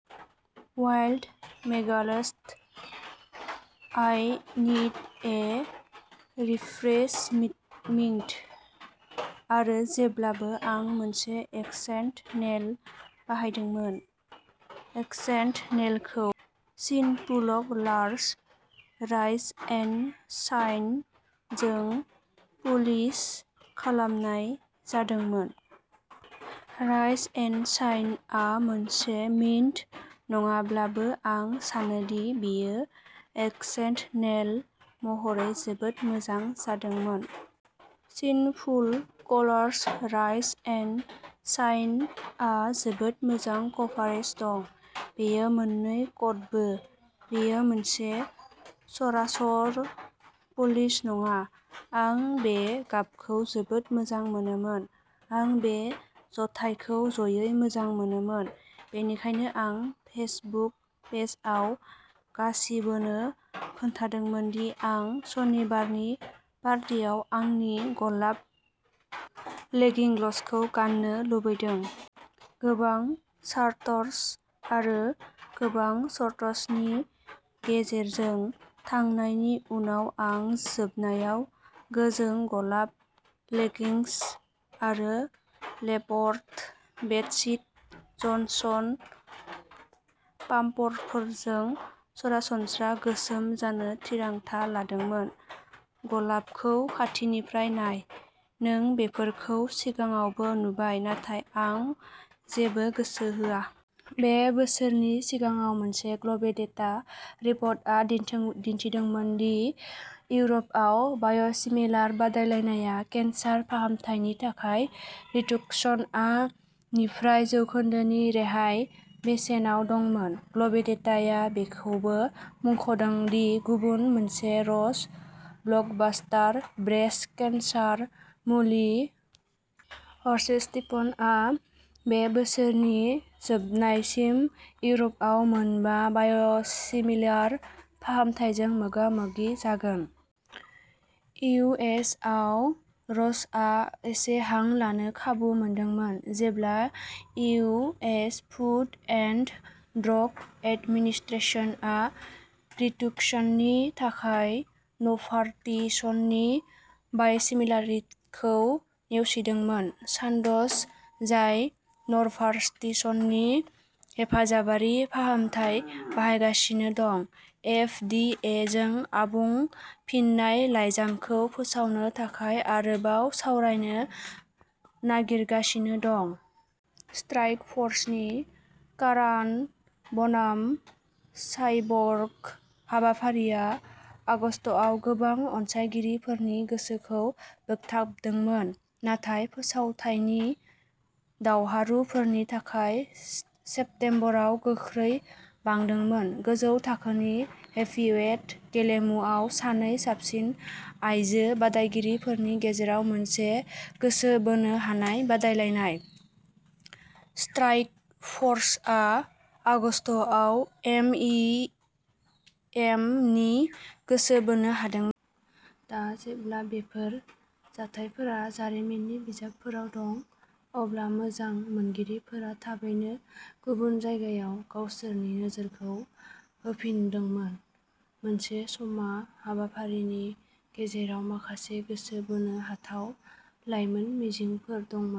Wild Megalast "I need a refresh mint" आरो जेब्लाबो आं मोनसे एक्सेन्ट नेल बाहायदोंमोन। एक्सेन्ट नेलखौ सिनफुलकलार्स "राइज एन्ड शाइन" जों पलिश खालामनाय जादोंमोन। "राइज एन्ड शाइन" आ मोनसे मिन्ट नङाब्लाबो आं सानो दि बेयो एक्सेन्ट नेल महरै जोबोद मोजां जादोंमोन। सिनफुलकलार्स "राइज एन्ड शाइन" आ जोबोद मोजां कभारेज दं। बेयो मोन्नै कटबो। बेयो मोनसे सरासर पलिश नङा, आं बे गाबखौ जोबोद मोजां मोनोमोन। आं बे जथायखौ ज'यै मोजां मोनोमोन। बेनिखायनो, आं फेसबुक पेजआव गासिबोनो खिन्थादोंमोन दि आं सनिबारनि पार्टियाव आंनि गलाब लेगिंग्सखौ गान्नो लुबैदों। गोबां सार्ट्स आरो गोबां सार्ट्सनि गेजेरजों थांनायनि उनाव आं जोबनायाव गोजों गलाब लेगिंग्स आरो लेपर्ड बेटसी जनसन पाम्पफोरजों सरासनस्रा गोसोम जानो थिरांथा लादोंमोन। गलाबखौ खाथिनिफ्राय नाय। नों बेफोरखौ सिगाङावबो नुबाय, नाथाय आं जेबो गोसो होआ। बे बोसोरनि सिगाङाव मोनसे ग्ल'बेलडेटा रिपर्टआ दिन्थिदोंमोन दि इउर'पआव बाय'सिमिलार बादायलायनाया केन्सार फाहामथायनि थाखाय रितूक्सनआ निफ्राय जौखोन्दोनि रेहाय बेसेनाव दंमोन। ग्ल'बेलडेटाया बेखौबो मुंख'दों दि गुबुन मोनसे र'च ब्लकबास्टार, ब्रेस्ट केन्सार मुलि हर्सेप्टिनआ बे बोसोरनि जोबनायसिम इउर'पआव मोनबा बाय'सिमिलार फाहामथायजों मोगा-मोगि जागोन। इउ. एस. आव, र'चआ एसे हां लानो खाबु मोनदोंमोन जेब्ला U. S. Food and drug administration आ रितूक्सननि थाखाय नभार्टिसनि बाय'सिमिलारखौ नेवसिदोंमोन। सान्द'ज, जाय नभार्टिसनि हेफाजाबारि फाहामथाय बानायगासिनो दं, एफ. डि. ए. जों आबुं फिननाय लायजामखौ फोसाबनो थाखाय आरोबाव सावरायनो नागिरगासिनो दं। स्ट्राइकफ'र्सनि कारान'बनाम साइबर्ग हाबाफारिया आगस्तआव गोबां अनसायगिरिफोरनि गोसोखौ बोगथाबदोंमोन, नाथाय फोसावथायनि दावहारुफोरनि थाखाय सेप्टेम्बराव गोख्रै बांदोंमोन। गोजौ थाखोनि हेभिवेट गेलेमुआव सानै साबसिन आइजो बादायगिरिफोरनि गेजेराव मोनसे गोसो बोनो हानाय बादायलायनाय, स्ट्राइकफर्सआ आगस्तआव एमएमएनि गोसो बोनो हादोंमोन। दा जेब्ला बेफोर जाथायफोरा जारिमिननि बिजाबफोराव दं, अब्ला मोजां मोनगिरिफोरा थाबैनो गुबुन जायगायाव गावसोरनि नोजोरखौ होफिनदोंमोन, मोनसे श'म्मा हाबाफारिनि गेजेराव माखासे गोसो बोनो हाथाव लाइमोन मिजिंफोर दंमोन।